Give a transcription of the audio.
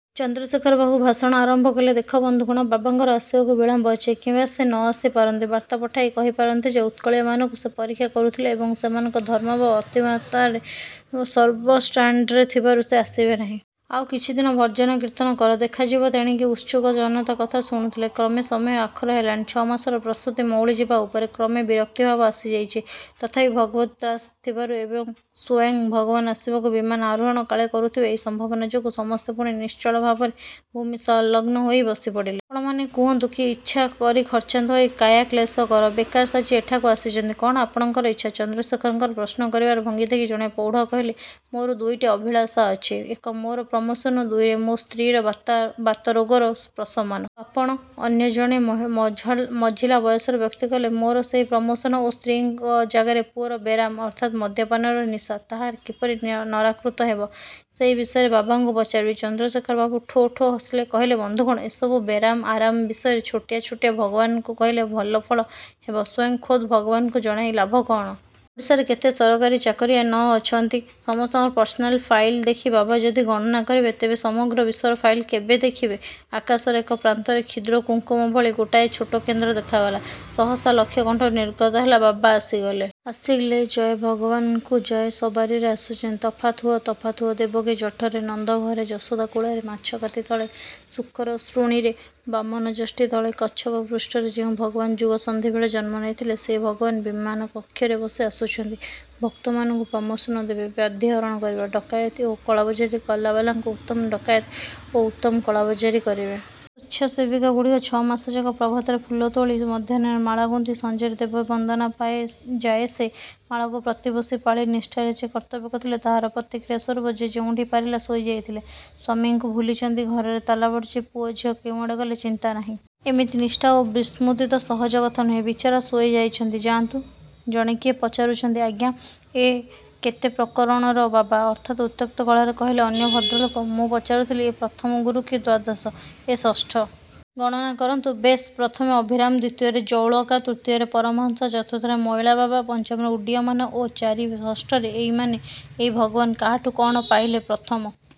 ଚନ୍ଦ୍ରଶେଖର ବାବୁ ଭାଷଣ ଆରମ୍ଭ କଲେ… ଦେଖ ବନ୍ଧୁଗଣ, ବାବାଙ୍କର ଆସିବାକୁ ବିଳମ୍ବ ଅଛି, କିମ୍ବା ସେ ନ ଆସି ପାରନ୍ତି। ବାର୍ତ୍ତା ପଠାଇ କହିପାରନ୍ତି ଯେ ଉତ୍କଳୀୟମାନଙ୍କୁ ସେ ପରୀକ୍ଷା କରୁଥିଲେ ଏବଂ ସେମାନଙ୍କର ଧର୍ମଭାବ ଅତିମାତ୍ରାରେ ସବ୍ଷ୍ଟାଣ୍ଡାର୍ଡ଼ ଥିବାରୁ ସେ ଆସିବେ ନାହଁ। ଆଉ କିଛିଦନ ଭଜନ କୀର୍ତ୍ତନ କର; ଦେଖାଯିବ ତେଣିକି। ଉତ୍ସୁକ ଜନତା କଥା ଶୁଣୁଥିଲେ। କ୍ରମେ ସମୟ ଆଖର ହେଲାଣି। ଛଅମାସର ପ୍ରସ୍ତୁତି ମଉଳିଯିବା ଉପରେ। କ୍ରମେ ବରକ୍ତିଭାବ ଆସିଯାଇଛି; ତଥାପି ଭଗବଦ୍ ତ୍ରାସ ଥିବାରୁ ଏବଂ ସ୍ଵୟଂ ଭଗବାନ ଆସିବାକୁ ବିମାନ ଆରୋହଣ କାଳେ କରୁଥିବେ ଏଇ ସମ୍ଭାବନା ଯୋଗୁ ସମସ୍ତେ ପୁଣି ନିଶ୍ଚଳ ଭାବରେ ଭୂମି ସଂଲଗ୍ନ ହୋଇ ବସିପଡ଼ିଲେ। -ଆପଣମାନେ କୁହନ୍ତୁ, କି ଇଚ୍ଛା କରି ଖର୍ଚ୍ଚାନ୍ତ ହୋଇ କାୟା କ୍ଳେଶ କର, ବେକାର ସାଜି ଏଠାକୁ ଆସିଛନ୍ତି; କଅଣ ଆପଣଙ୍କର ଇଚ୍ଛା? ଚନ୍ଦ୍ରଶେଖରଙ୍କର ପ୍ରଶ୍ନ କରିବାର ଭଙ୍ଗୀ ଦେଖି ଜଣେ ପ୍ରୌଢ଼ କହିଲେ–ମୋର ଦୁଇଟି ଅଭିଳାଷ ଅଛି। ଏକ ମୋର ପ୍ରମୋଶନ, ଦୁଇରେ ମୋ ସ୍ତ୍ରୀର ବାତରୋଗର ପ୍ରଶମନ। ଆଉ ଆପଣ! ଅନ୍ୟ ଜଣେ ମଝିଲା ବୟସର ବ୍ୟକ୍ତି କହିଲେ- ମୋର ସେହି ପ୍ରମୋଶନ ଓ ସ୍ତ୍ରୀଙ୍କ ଜାଗାରେ ପୁଅର ବେରାମ ଅର୍ଥାତ୍ ମଦ୍ୟପାନର ନିଶା, ତାହା କିପରି ନରାକୃତ ହେବ–ସେହି ବିଷୟରେ ବାବାଙ୍କୁ ପଚାରିବି। ଚନ୍ଦ୍ରଶେଖର ବାବୁ ଠୋ ଠୋ ହସିଲେ–କହିଲେ, ବନ୍ଧୁଗଣ! ଏସବୁ ବେରାମ ଆରାମ ବିଷୟରେ ଛୋଟିଆ ଛୋଟିଆ ଭଗବାନଙ୍କୁ କହିଲେ ଭଲ ଫଳ ହେବ; ସ୍ଵୟଂ ଖୋଦ ଭଗବାନଙ୍କୁ ଜଣାଇ ଲାଭ କଅଣ? ଓଡ଼ିଶାରେ କେତେ ସରକାରୀ ଚାକରିଆ ନ ଅଛନ୍ତି। ସମସ୍ତଙ୍କର ପର୍ସନାଲ ଫାଇଲ ଦେଖି ବାବା ଯଦି ଗଣନା କରିବେ ତେବେ ସେ ସମଗ୍ର ବିଶ୍ଵର ଫାଇଲ କେବେ ଦେଖିବେ? ଆକାଶର ଏକ ପ୍ରାନ୍ତରେ କ୍ଷୁଦ୍ର କୁଙ୍କୁମ ବିନ୍ଦୁ ଭଳି ଗୋଟାଏ ଛୋଟ କେନ୍ଦ୍ର ଦେଖାଗଲା। ସହସା ଲକ୍ଷ କଣ୍ଠରୁ ନିର୍ଗତ ହେଲା–ବାବା ଆସିଗଲେ... ଆସିଗଲେ, ଜୟ ଭଗବାନଙ୍କୁ ଜୟ... ସବାରିରେ ଆସୁଛନ୍ତି... ତଫାତ୍ ହୁଅ, ତଫାତ୍ ହୁଅ.. ଦେବକୀ ଜଠରେ, ନନ୍ଦ ଘରେ, ଯଶୋଦା କୋଳରେ, ମାଛକାତି ତଳେ, ଶୂକର ଶ୍ରୋଣୀରେ, ବାମନ ଯଷ୍ଟି ତଳେ, କଚ୍ଛପ ପୃଷ୍ଠରେ ଯେଉଁ ଭଗବାନ ଯୁଗସନ୍ଧି ବେଳେ ଜନ୍ମ ନେଇଥିଲେ, ସେହି ଭଗବାନ ବିମାନ କକ୍ଷରେ ବସି ଆସୁଛନ୍ତି–ଭକ୍ତମାନଙ୍କୁ ପ୍ରମୋଶନ ଦେବେ, ବ୍ୟାଧି ହରଣ କରିବେ, ଡକାଏତି ଓ କଳାବଜାରୀ କଲାବାଲାଙ୍କୁ ଉତ୍ତମ ଡକାଏତ ଓ ଉତ୍ତମ କଳାବଜାରି କରିବେ। ସ୍ଵେଚ୍ଛାସେବିକା ଗୁଡ଼ିକ ଛଅମାସଯାକ ପ୍ରଭାତରେ ଫୁଲ ତୋଳି, ମଧ୍ୟାହ୍ନରେ ମାଳା ଗୁନ୍ଥି, ସଞ୍ଜରେ ଦେବ ବନ୍ଦନା ଯାଏ ସେ ମାଳାକୁ ପ୍ରତିପୋଷି ପାଳି ନିଷ୍ଠାରେ ଯେ କର୍ତ୍ତବ୍ୟ କରୁଥିଲେ, ତାହାର ପ୍ରତିକ୍ରିୟା ସ୍ଵରୂପ ଯେ ଯେଉଁଠି ପାରିଲା ଶୋଇଯାଇଥିଲେ। ସ୍ଵାମୀଙ୍କୁ ଭୁଲିଛନ୍ତି, ଘରରେ ତାଲା ପଡ଼ିଛି, ପୁଅ ଝିଅ କେଉଁଆଡ଼େ ଗଲେ, ଚିନ୍ତା ନାହିଁ। ଏମିତ ନିଷ୍ଠା ଓ ବିସ୍ମୃତି ତ ସହଜ କଥା ନୁହେଁ? ବିଚାରା ଶୋଇଯାଇଛନ୍ତି; ଯାଆନ୍ତୁ। ଜଣେ କିଏ ପଚାରୁଛନ୍ତି…. ଆଜ୍ଞା, ଏ କେତେ ପ୍ରକରଣର ବାବା? ଅର୍ଥାତ୍ ଉତ୍ତ୍ୟକ୍ତ ଗଳାରେ କହିଲେ ଅନ୍ୟ ଭଦ୍ରଲୋକ। ମୁଁ ପଚାରୁଥିଲି-ଏ ପ୍ରଥମ ଗୁରୁ କି ଦ୍ଵାଦଶ? -ଏ ଷଷ୍ଠ…. -ଗଣନା କରନ୍ତୁ.. -ବେଶ୍… ପ୍ରଥମେ ଅଭିରାମ, ଦ୍ୱିତୀୟରେ ଜଳୌକା, ତୃତୀୟରେ ପରମହଂସ, ଚତୁର୍ଥରେ ମଇଳା ବାବା, ପଞ୍ଚମରେ ଉଡ୍ଡୀୟମାନ ଓ ଚାରି ଷଷ୍ଠରେ ଏଇ…. ମାନେ ଏଇ ଭଗବାନ… -କାହାଠୁ କଅଣ ପାଇଲେ? -ପ୍ରଥମ